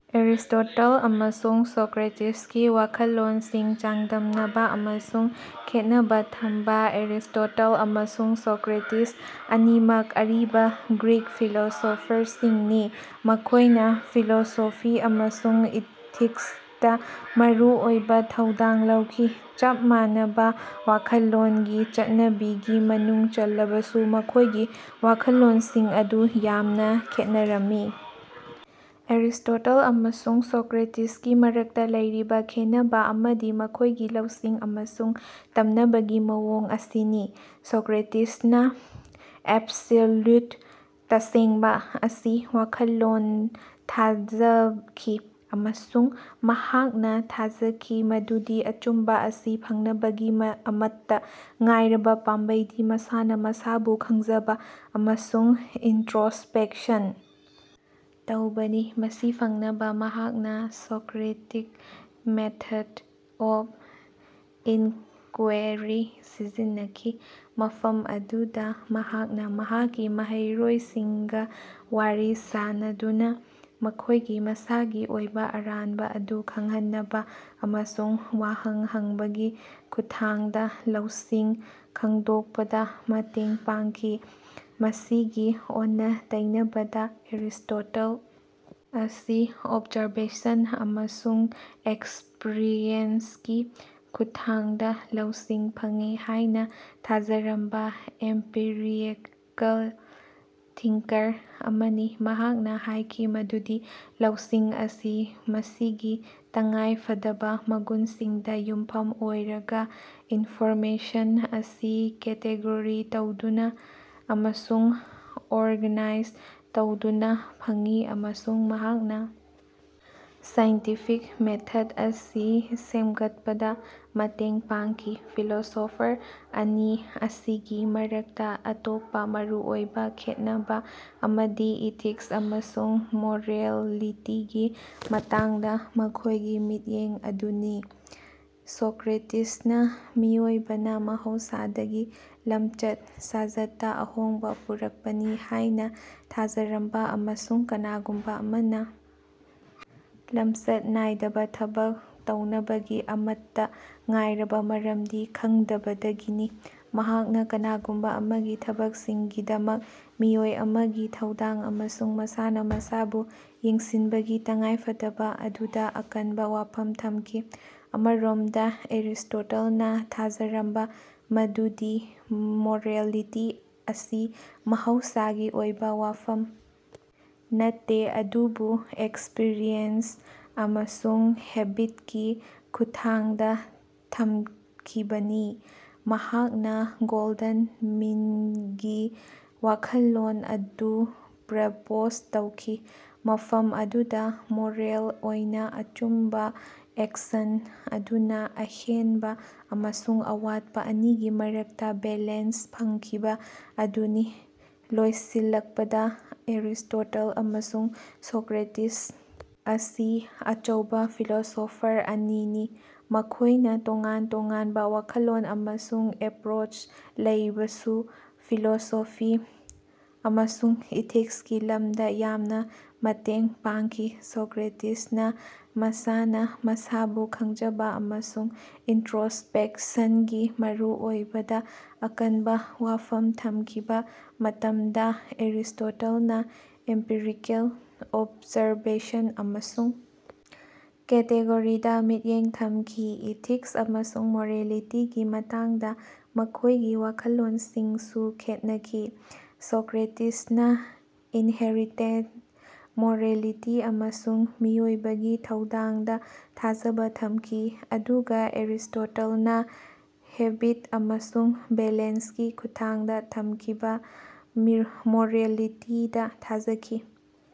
Aristotle ꯑꯃꯁꯨꯡ ꯁꯣꯀ꯭ꯔꯦꯇꯤꯁꯀꯤ ꯋꯥꯈꯜꯂꯣꯟꯁꯤꯡ ꯆꯥꯡꯗꯝꯅꯕ ꯑꯃꯁꯨꯡ ꯈꯦꯠꯅꯕ ꯊꯝꯕ- ꯑꯦꯔꯤꯁ꯭ꯇꯣꯇꯜ ꯑꯃꯁꯨꯡ ꯁꯣꯀ꯭ꯔꯦꯇꯤꯁ ꯑꯅꯤꯃꯛ ꯑꯔꯤꯕ ꯒ꯭ꯔꯤꯛ ꯐꯤꯂꯣꯁꯣꯐꯔꯁꯤꯡꯅꯤ꯫ ꯃꯈꯣꯏꯅ ꯐꯤꯂꯣꯁꯣꯐꯤ ꯑꯃꯁꯨꯡ ꯏꯊꯤꯛꯁꯇ ꯃꯔꯨꯑꯣꯏꯕ ꯊꯧꯗꯥꯡ ꯂꯧꯈꯤ꯫ ꯆꯞ ꯃꯥꯟꯅꯕ ꯋꯥꯈꯜꯂꯣꯟꯒꯤ ꯆꯠꯅꯕꯤꯒꯤ ꯃꯅꯨꯡ ꯆꯜꯂꯕꯁꯨ ꯃꯈꯣꯏꯒꯤ ꯋꯥꯈꯜꯂꯣꯟꯁꯤꯡ ꯑꯗꯨ ꯌꯥꯝꯅ ꯈꯦꯠꯅꯔꯝꯃꯤ꯫ ꯑꯦꯔꯤꯁ꯭ꯇꯣꯇꯜ ꯑꯃꯁꯨꯡ ꯁꯣꯀ꯭ꯔꯦꯇꯤꯁꯀꯤ ꯃꯔꯛꯇ ꯂꯩꯔꯤꯕ ꯈꯦꯟꯅꯕ ꯑꯃꯗꯤ ꯃꯈꯣꯏꯒꯤ ꯂꯧꯁꯤꯡ ꯑꯃꯁꯨꯡ ꯇꯝꯅꯕꯒꯤ ꯃꯑꯣꯡ ꯑꯁꯤꯅꯤ꯫ ꯁꯣꯀ꯭ꯔꯦꯇꯤꯁꯅ ꯑꯦꯕꯁꯣꯂ꯭ꯌꯨꯠ (ꯇꯁꯦꯡꯕ)ꯒꯤ ꯋꯥꯈꯜꯂꯣꯟꯗ ꯊꯥꯖꯈꯤ ꯑꯃꯁꯨꯡ ꯃꯍꯥꯛꯅ ꯊꯥꯖꯈꯤ ꯃꯗꯨꯗꯤ ꯑꯆꯨꯝꯕ ꯑꯁꯤ ꯐꯪꯅꯕꯒꯤ ꯑꯃꯠꯇ ꯉꯥꯏꯔꯕ ꯄꯥꯝꯕꯩꯗꯤ ꯃꯁꯥꯅ ꯃꯁꯥꯕꯨ ꯈꯪꯖꯕ ꯑꯃꯁꯨꯡ ꯏꯟꯇ꯭ꯔꯣꯁꯄꯦꯛꯁꯟ ꯇꯧꯕꯅꯤ꯫ ꯃꯁꯤ ꯐꯪꯅꯕ ꯃꯍꯥꯛꯅ ꯁꯣꯀ꯭ꯔꯤꯇꯤꯛ ꯃꯦꯊꯗ ꯑꯣꯐ ꯏꯅꯀ꯭ꯋꯦꯔꯤ ꯁꯤꯖꯤꯟꯅꯈꯤ꯫ ꯃꯐꯝ ꯑꯗꯨꯗ ꯃꯍꯥꯛꯅ ꯃꯍꯥꯛꯀꯤ ꯃꯍꯩꯔꯣꯏꯁꯤꯡꯒ ꯋꯥꯔꯤ ꯁꯥꯅꯗꯨꯅ ꯃꯈꯣꯏꯒꯤ ꯃꯁꯥꯒꯤ ꯑꯣꯏꯕ ꯑꯔꯥꯟꯕ ꯑꯗꯨ ꯈꯪꯍꯟꯅꯕ ꯑꯃꯁꯨꯡ ꯋꯥꯍꯪ ꯍꯪꯕꯒꯤ ꯈꯨꯠꯊꯥꯡꯗ ꯂꯧꯁꯤꯡ ꯈꯪꯗꯣꯛꯄꯗ ꯃꯇꯦꯡ ꯄꯥꯡꯈꯤ꯫ ꯃꯁꯤꯒꯤ ꯑꯣꯟꯅ-ꯇꯩꯅꯕꯗ, ꯑꯦꯔꯤꯁ꯭ꯇꯣꯇꯜ ꯑꯁꯤ ꯑꯣꯕꯖꯔꯕꯦꯁꯟ ꯑꯃꯁꯨꯡ ꯑꯦꯛꯁ꯭ꯄꯔꯤꯑꯦꯟꯁꯀꯤ ꯈꯨꯠꯊꯥꯡꯗ ꯂꯧꯁꯤꯡ ꯐꯪꯏ ꯍꯥꯏꯅ ꯊꯥꯖꯔꯝꯕ ꯑꯦꯝꯄꯤꯔꯤꯀꯦꯜ ꯊꯤꯡꯀꯔ ꯑꯃꯅꯤ꯫ ꯃꯍꯥꯛꯅ ꯍꯥꯏꯈꯤ ꯃꯗꯨꯗꯤ ꯂꯧꯁꯤꯡ ꯑꯁꯤ ꯃꯁꯤꯒꯤ ꯇꯉꯥꯏ ꯐꯗꯕ ꯃꯒꯨꯟꯁꯤꯡꯗ ꯌꯨꯝꯐꯝ ꯑꯣꯏꯔꯒ ꯏꯟꯐꯣꯔꯃꯦꯁꯟ ꯑꯁꯤ ꯀꯦꯇꯦꯒꯣꯔꯤ ꯇꯧꯗꯨꯅ ꯑꯃꯁꯨꯡ ꯑꯣꯔꯒꯅꯥꯏꯖ ꯇꯧꯗꯨꯅ ꯐꯪꯏ ꯑꯃꯁꯨꯡ ꯃꯍꯥꯛꯅ ꯁꯥꯏꯟꯇꯤꯐꯤꯛ ꯃꯦꯊꯗ ꯑꯁꯤ ꯁꯦꯃꯒꯠꯄꯗ ꯃꯇꯦꯡ ꯄꯥꯡꯈꯤ꯫ ꯐꯤꯂꯣꯁꯣꯐꯔ ꯑꯅꯤ ꯑꯁꯤꯒꯤ ꯃꯔꯛꯇ ꯑꯇꯣꯞꯄ ꯃꯔꯨꯑꯣꯏꯕ ꯈꯦꯠꯅꯕ ꯑꯃꯗꯤ ꯏꯊꯤꯛꯁ ꯑꯃꯁꯨꯡ ꯃꯣꯔꯦꯜꯂꯤꯇꯤꯒꯤ ꯃꯇꯥꯡꯗ ꯃꯈꯣꯏꯒꯤ ꯃꯤꯠꯌꯦꯡ ꯑꯗꯨꯅꯤ꯫ ꯁꯣꯀ꯭ꯔꯦꯇꯤꯁꯅ ꯃꯤꯑꯣꯏꯕꯅ ꯃꯍꯧꯁꯥꯗꯒꯤ ꯂꯝꯆꯠ ꯁꯥꯖꯠꯇ ꯑꯍꯣꯡꯕ ꯄꯨꯔꯛꯄꯅꯤ ꯍꯥꯏꯅ ꯊꯥꯖꯔꯝꯃꯤ ꯑꯃꯁꯨꯡ ꯀꯅꯥꯒꯨꯝꯕ ꯑꯃꯅ ꯂꯝꯆꯠ ꯅꯥꯏꯗꯕ ꯊꯕꯛ ꯇꯧꯅꯕꯒꯤ ꯑꯃꯠꯇ ꯉꯥꯏꯔꯕ ꯃꯔꯝꯗꯤ ꯈꯪꯗꯕꯗꯒꯤꯅꯤ꯫ ꯃꯍꯥꯛꯅ ꯀꯅꯥꯒꯨꯝꯕ ꯑꯃꯒꯤ ꯊꯕꯛꯁꯤꯡꯒꯤꯗꯃꯛ ꯃꯤꯑꯣꯏ ꯑꯃꯒꯤ ꯊꯧꯗꯥꯡ ꯑꯃꯁꯨꯡ ꯃꯁꯥꯅ ꯃꯁꯥꯕꯨ ꯌꯦꯡꯁꯤꯟꯕꯒꯤ ꯇꯉꯥꯏꯐꯗꯕ ꯑꯗꯨꯗ ꯑꯀꯟꯕ ꯋꯥꯐꯝ ꯊꯝꯈꯤ꯫ ꯑꯃꯔꯣꯝꯗ, ꯑꯦꯔꯤꯁ꯭ꯇꯣꯇꯜꯅ ꯊꯥꯖꯔꯝꯃꯤ ꯃꯗꯨꯗꯤ ꯃꯣꯔꯦꯜꯂꯤꯇꯤ ꯑꯁꯤ ꯃꯍꯧꯁꯥꯒꯤ ꯑꯣꯏꯕ ꯋꯥꯐꯝ ꯅꯠꯇꯦ ꯑꯗꯨꯕꯨ ꯑꯦꯛꯁ꯭ꯄꯔꯤꯌꯦꯟꯁ ꯑꯃꯁꯨꯡ ꯍꯦꯕꯤꯠꯀꯤ ꯈꯨꯠꯊꯥꯡꯗ ꯇꯝꯈꯤꯕꯅꯤ꯫ ꯃꯍꯥꯛꯅ ꯒꯣꯜꯗꯟ ꯃꯤꯟꯒꯤ ꯋꯥꯈꯜꯂꯣꯟ ꯑꯗꯨ ꯄ꯭ꯔꯄꯣꯖ ꯇꯧꯈꯤ꯫ ꯃꯐꯝ ꯑꯗꯨꯗ ꯃꯣꯔꯦꯜ ꯑꯣꯏꯅ ꯑꯆꯨꯝꯕ ꯑꯦꯛꯁꯟ ꯑꯗꯨꯅ ꯑꯍꯦꯟꯕ ꯑꯃꯁꯨꯡ ꯑꯋꯥꯠꯄ ꯑꯅꯤꯒꯤ ꯃꯔꯛꯇ ꯕꯦꯂꯦꯟꯁ ꯐꯪꯈꯤꯕ ꯑꯗꯨꯅꯤ꯫ ꯂꯣꯏꯁꯤꯜꯂꯛꯄꯗ, ꯑꯦꯔꯤꯁ꯭ꯇꯣꯇꯜ ꯑꯃꯁꯨꯡ ꯁꯣꯀ꯭ꯔꯦꯇꯤꯁ ꯑꯁꯤ ꯑꯆꯧꯕ ꯐꯤꯂꯣꯁꯣꯐꯔ ꯑꯅꯤꯅꯤ꯫ ꯃꯈꯣꯏꯅ ꯇꯣꯉꯥꯟ -ꯇꯣꯉꯥꯟꯕ ꯋꯥꯈꯜꯂꯣꯟ ꯑꯃꯁꯨꯡ ꯑꯦꯄ꯭ꯔꯣꯆ ꯂꯩꯔꯕꯁꯨ ꯐꯤꯂꯣꯁꯣꯐꯤ ꯑꯃꯁꯨꯡ ꯏꯊꯤꯛꯁꯀꯤ ꯂꯝꯗ ꯌꯥꯝꯅ ꯃꯇꯦꯡ ꯄꯥꯡꯈꯤ꯫ ꯁꯣꯀ꯭ꯔꯦꯇꯤꯁꯅ ꯃꯁꯥꯅ ꯃꯁꯥꯕꯨ ꯈꯪꯖꯕ ꯑꯃꯁꯨꯡ ꯏꯟꯇ꯭ꯔꯣꯁꯄꯦꯛꯁꯟꯒꯤ ꯃꯔꯨꯑꯣꯏꯕꯗ ꯑꯀꯟꯕ ꯋꯥꯐꯝ ꯊꯃꯈꯤꯕ ꯃꯇꯝꯗ ꯑꯦꯔꯤꯁ꯭ꯇꯣꯇꯜꯅ ꯑꯦꯝꯄꯤꯔꯤꯀꯦꯜ ꯑꯣꯕꯖꯔꯕꯦꯁꯟ ꯑꯃꯁꯨꯡ ꯀꯦꯇꯦꯒꯣꯔꯤꯗ ꯃꯤꯠꯌꯦꯡ ꯊꯝꯈꯤ꯫ ꯏꯊꯤꯛꯁ ꯑꯃꯁꯨꯡ ꯃꯣꯔꯦꯂꯤꯇꯤꯒꯤ ꯃꯇꯥꯡꯗ ꯃꯈꯣꯏꯒꯤ ꯋꯥꯈꯜꯂꯣꯟꯁꯤꯡꯁꯨ ꯈꯦꯠꯅꯈꯤ꯫ ꯁꯣꯀ꯭ꯔꯦꯇꯤꯁꯅ ꯏꯟꯍꯦꯔꯤꯇꯦꯟꯇ ꯃꯣꯔꯦꯜꯂꯤꯇꯤ ꯑꯃꯁꯨꯡ ꯃꯤꯑꯣꯏꯕꯒꯤ ꯊꯧꯗꯥꯡꯗ ꯊꯥꯖꯕ ꯊꯝꯈꯤ ꯑꯗꯨꯒ ꯑꯦꯔꯤꯁ꯭ꯇꯣꯇꯜꯅ ꯍꯦꯕꯤꯠ ꯑꯃꯁꯨꯡ ꯕꯦꯂꯦꯟꯁꯀꯤ ꯈꯨꯠꯊꯥꯡꯗ ꯇꯝꯈꯤꯕ ꯃꯣꯔꯦꯜꯂꯤꯇꯤꯗ ꯊꯥꯖꯈꯤ꯫